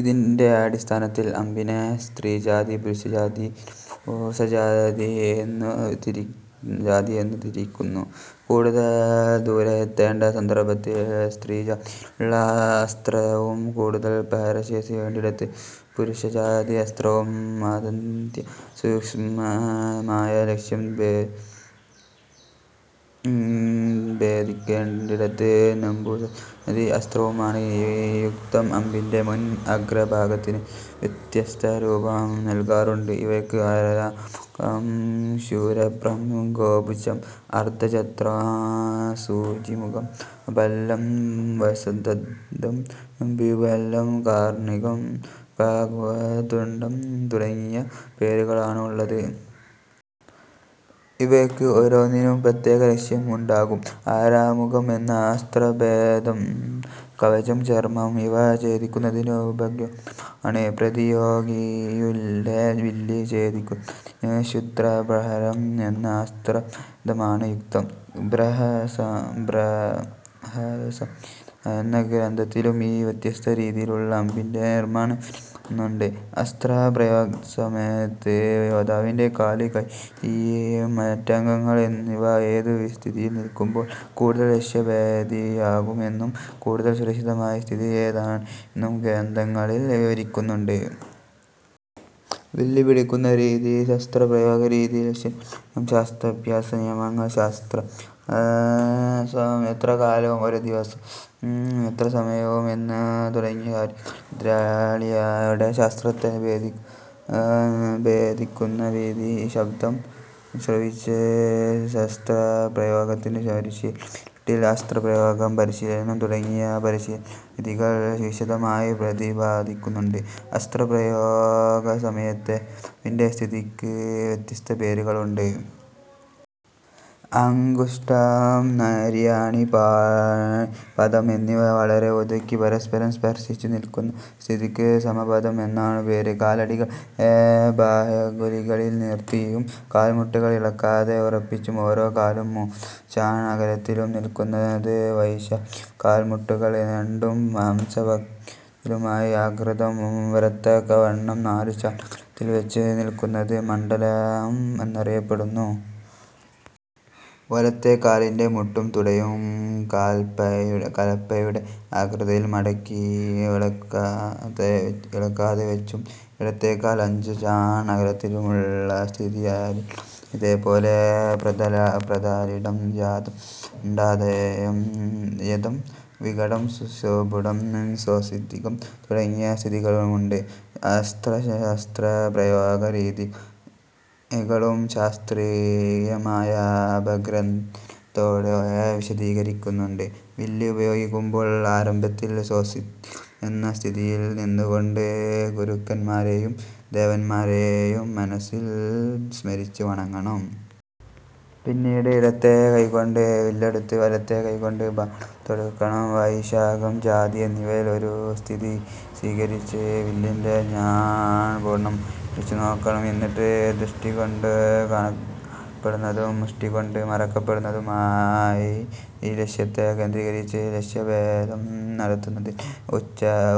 ഇതിന്റെ അടിസ്ഥാനത്തിൽ അമ്പിനെ സ്ത്രീജാതി, പുരുഷജാതി, നപുംസകജാതി എന്നു തിരിക്കുന്നു. കൂടുതൽ ദൂരെ എത്തേണ്ട സന്ദർഭത്തിൽ സ്ത്രീജാതിയിലുള്ള അസ്ത്രവും കൂടുതൽ പ്രഹരശേഷി വേണ്ടിടത്ത് പുരുഷജാതി അസ്ത്രവും അത്യന്തം സൂക്ഷ്മമായ ലക്ഷ്യം ഭേദിക്കേണ്ടിടത്ത് നപുംസകജാതി അസ്ത്രവുമാണ് യുക്തം. അമ്പിന്റെ മുൻ അഗ്രഭാഗത്തിന് വ്യത്യസ്തരൂപം നല്കാറുണ്ട്. ഇവയ്ക്ക് ആരാമുഖം, ക്ഷുരപ്രം, ഗോപുച്ഛം, അർധചന്ദ്രം, സൂചീമുഖം, ഭല്ലം, വത്സദന്തം, ദ്വിഭല്ലം, കർണികം, കാകതുണ്ഡം തുടങ്ങിയ പേരുകളാണ് ഉള്ളത്. ഇവയ്ക്ക് ഓരോന്നിനും പ്രത്യേക ലക്ഷ്യം ഉണ്ടാകും. ആരാമുഖം എന്ന അസ്ത്രഭേദം കവചം, ചർമം ഇവ ഛേദിക്കുന്നതിനുപയുക്തമാണ്. പ്രതിയോഗിയുടെ വില്ല് ഛേദിക്കുന്നതിന് ക്ഷുദ്രപ്രഹരം എന്ന അസ്ത്രഭേദമാണ് യുക്തം. ബൃഹത്സംഹിത എന്ന ഗ്രന്ഥത്തിലും ഈ വ്യത്യസ്ത രീതിയിലുള്ള അമ്പിന്റെ നിർമ്മാണം വിവരിക്കുന്നുണ്ട്. അസ്ത്രപ്രയോഗസമയത്ത് യോദ്ധാവിന്റെ കാല്, കയ്യ്, മറ്റംഗങ്ങൾ ഇവ ഏതു സ്ഥിതിയിൽ നിൽക്കുമ്പോൾ കൂടുതൽ ലക്ഷ്യഭേദിയാകും എന്നും കൂടുതൽ സുരക്ഷിതമായ സ്ഥിതി ഏതാണ് എന്നും ഗ്രന്ഥങ്ങളിൽ വിവരിക്കുന്നുണ്ട്. വില്ല് പിടിക്കുന്ന രീതി, ശസ്ത്രപ്രയോഗരീതി, ലക്ഷ്യനിർണയം, ശസ്ത്രാഭ്യാസ നിയമങ്ങൾ, ശസ്ത്രാഭ്യാസം എത്ര കാലവും ഒരു ദിവസം എത്രസമയവും എന്നു തുടങ്ങിയ കാര്യങ്ങൾ, എതിരാളിയുടെ ശസ്ത്രത്തെ ഭേദിക്കുന്ന വിധി, ശബ്ദം ശ്രവിച്ച് അസ്ത്രപ്രയോഗത്തിനു പരിശീലനം, ഇരുട്ടിൽ അസ്ത്രപ്രയോഗ പരിശീലനം തുടങ്ങിയ പരിശീലനവിധികൾ വിശദമായി പ്രതിപാദിക്കുന്നുണ്ട്. അസ്ത്രപ്രയോഗസമയത്തെ യോദ്ധാവിന്റെ സ്ഥിതിക്ക് വ്യത്യസ്ത പേരുകളുണ്ട്. അംഗുഷ്ഠം, നരിയാണി, പാണി, പാദം എന്നിവ വളരെ ഒതുക്കി പരസ്പരം സ്പർശിച്ചു നിൽക്കുന്ന സ്ഥിതിക്ക് സമപദം എന്നാണു പേര്. കാലടികളെ ബാഹ്യംഗുലികളിൽ നിർത്തിയും കാൽമുട്ടുകൾ ഇളകാതെ ഉറപ്പിച്ചും ഓരോ കാലും മൂന്നുചാൺ അകലത്തിലും നിൽക്കുന്നത് വൈശാഖം. കാൽമുട്ടുകൾ രണ്ടും ഹംസപംക്തിതുല്യമായ ആകൃതി വരത്തക്കവണ്ണം നാലുചാൺ അകലത്തിൽവച്ചു നിൽക്കുന്നത് മണ്ഡലം എന്നറിയപ്പെടുന്നു. വലത്തേക്കാലിന്റെ മുട്ടും തുടയും കലപ്പയുടെ ആകൃതിയിൽ മടക്കി ഇളകാതെവച്ചും ഇടത്തേക്കാൽ അഞ്ചുചാൺ അകലത്തിലുമുള്ള സ്ഥിതി ആലീഢം. ഇതേപോലെ പ്രത്യാലീഢം, ജാതം, ദണ്ഡായതം, വികടം, സ്വപുടം, സ്വസ്തികം തുടങ്ങിയ സ്ഥിതികളുമുണ്ട്. അസ്ത്രശസ്ത്രപ്രയോഗ രീതികളും ശാസ്ത്രീയമായ അപഗ്രഥനത്തോടെ വിശദീകരിക്കുന്നുണ്ട്. വില്ല് ഉപയോഗിക്കുമ്പോൾ ആരംഭത്തിൽ സ്വസ്തികം എന്ന സ്ഥിതിയിൽ നിന്നുകൊണ്ട് ഗുരുക്കന്മാരെയും ദേവതമാരെയും മനസ്സിൽ സ്മരിച്ച് വണങ്ങണം. പിന്നീട് ഇടത്തേ കൈകൊണ്ട് വില്ലെടുത്ത് വലത്തേ കൈകൊണ്ട് ബാണം തൊടുക്കണം. വൈശാഖം, ജാതി എന്നിവയിൽ ഒരു സ്ഥിതി സ്വീകരിച്ച് വില്ലിന്റെ ഞാൺ പൂർണമായി വലിച്ചുനോക്കണം. എന്നിട്ട് ദൃഷ്ടികൊണ്ടു കാണപ്പെടുന്നതും മുഷ്ടികൊണ്ടു മറയ്ക്കപ്പെടുന്നതുമായി ലക്ഷ്യത്തെ കേന്ദ്രീകരിച്ച് ലക്ഷ്യഭേദം നടത്തുന്നതിനെ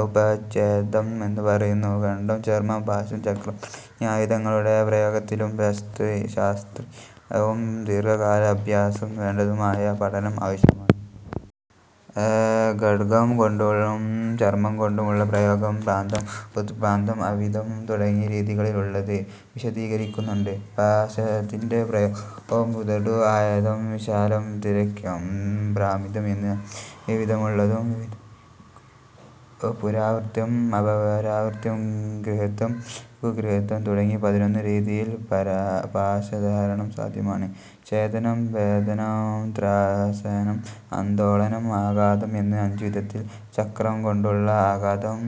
ഉപച്ഛേദം എന്നു പറയുന്നു. ഖഡ്ഗം, ചർമം, പാശം, ചക്രം തുടങ്ങിയ ആയുധങ്ങളുടെ പ്രയോഗത്തിലും ശാസ്ത്രീയവും ദീർഘകാലം അഭ്യാസം വേണ്ടതുമായ പഠനം ആവശ്യമാണ്. ഖഡ്ഗംകൊണ്ടും ചർമംകൊണ്ടുമുള്ള പ്രയോഗം ഭ്രാന്തം, ഉദ്ഭ്രാന്തം, ആവിദ്ധം തുടങ്ങി രീതികളിലുള്ളത് വിശദീകരിക്കുന്നുണ്ട്. പാശത്തിന്റെ പ്രയോഗവും ഋജു, ആയതം, വിശാലം, തിര്യക്ക്, ഭ്രാമിതം എന്ന് അഞ്ച് വിധമുള്ളതും വിവരിക്കുന്നു. പുരാവൃത്തം, അപരാവൃത്തം, ഗൃഹീതം, ലഘുഗൃഹീതം തുടങ്ങി പതിനൊന്ന് രീതിയിൽ പാശധാരണം സാധ്യമാണ്. ഛേദനം, ഭേദനം, ത്രാസനം, ആന്ദോളനം, ആഘാതം എന്ന് അഞ്ചുവിധത്തിൽ ചക്രംകൊണ്ടുള്ള ആഘാതം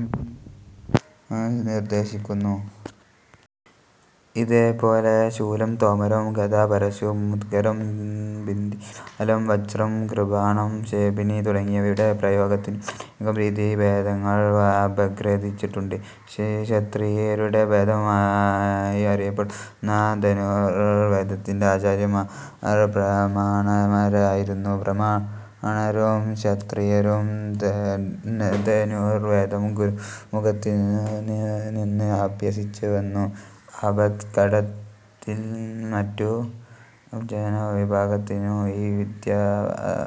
നിർദ്ദേശിക്കുന്നു. ഇതേപോലെ ശൂലം, തോമരം, ഗദ, പരശു, മുദ്ഗരം, ഭിന്ദിപാലം, വജ്രം, കൃപാണം, ക്ഷേപിണി തുടങ്ങിയവയുടെ പ്രയോഗത്തിനും അനേകം രീതിഭേദങ്ങൾ അപഗ്രഥിച്ചിട്ടുണ്ട്. ക്ഷത്രിയരുടെ വേദമായി അറിയപ്പെടുന്ന ധനുർവേദത്തിന്റെ ആചാര്യന്മാർ ബ്രാഹ്മണരായിരുന്നു. ബ്രാഹ്മണരും ക്ഷത്രിയരും ധനുർവേദം ഗുരുമുഖത്തുനിന്ന് അഭ്യസിച്ചുവന്നു. ആപദ്ഘട്ടത്തിൽ മറ്റു ജനവിഭാഗത്തിനും ഈ വിദ്യ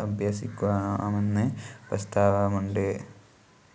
അഭ്യസിക്കാമെന്നു പ്രസ്താവമുണ്ട്.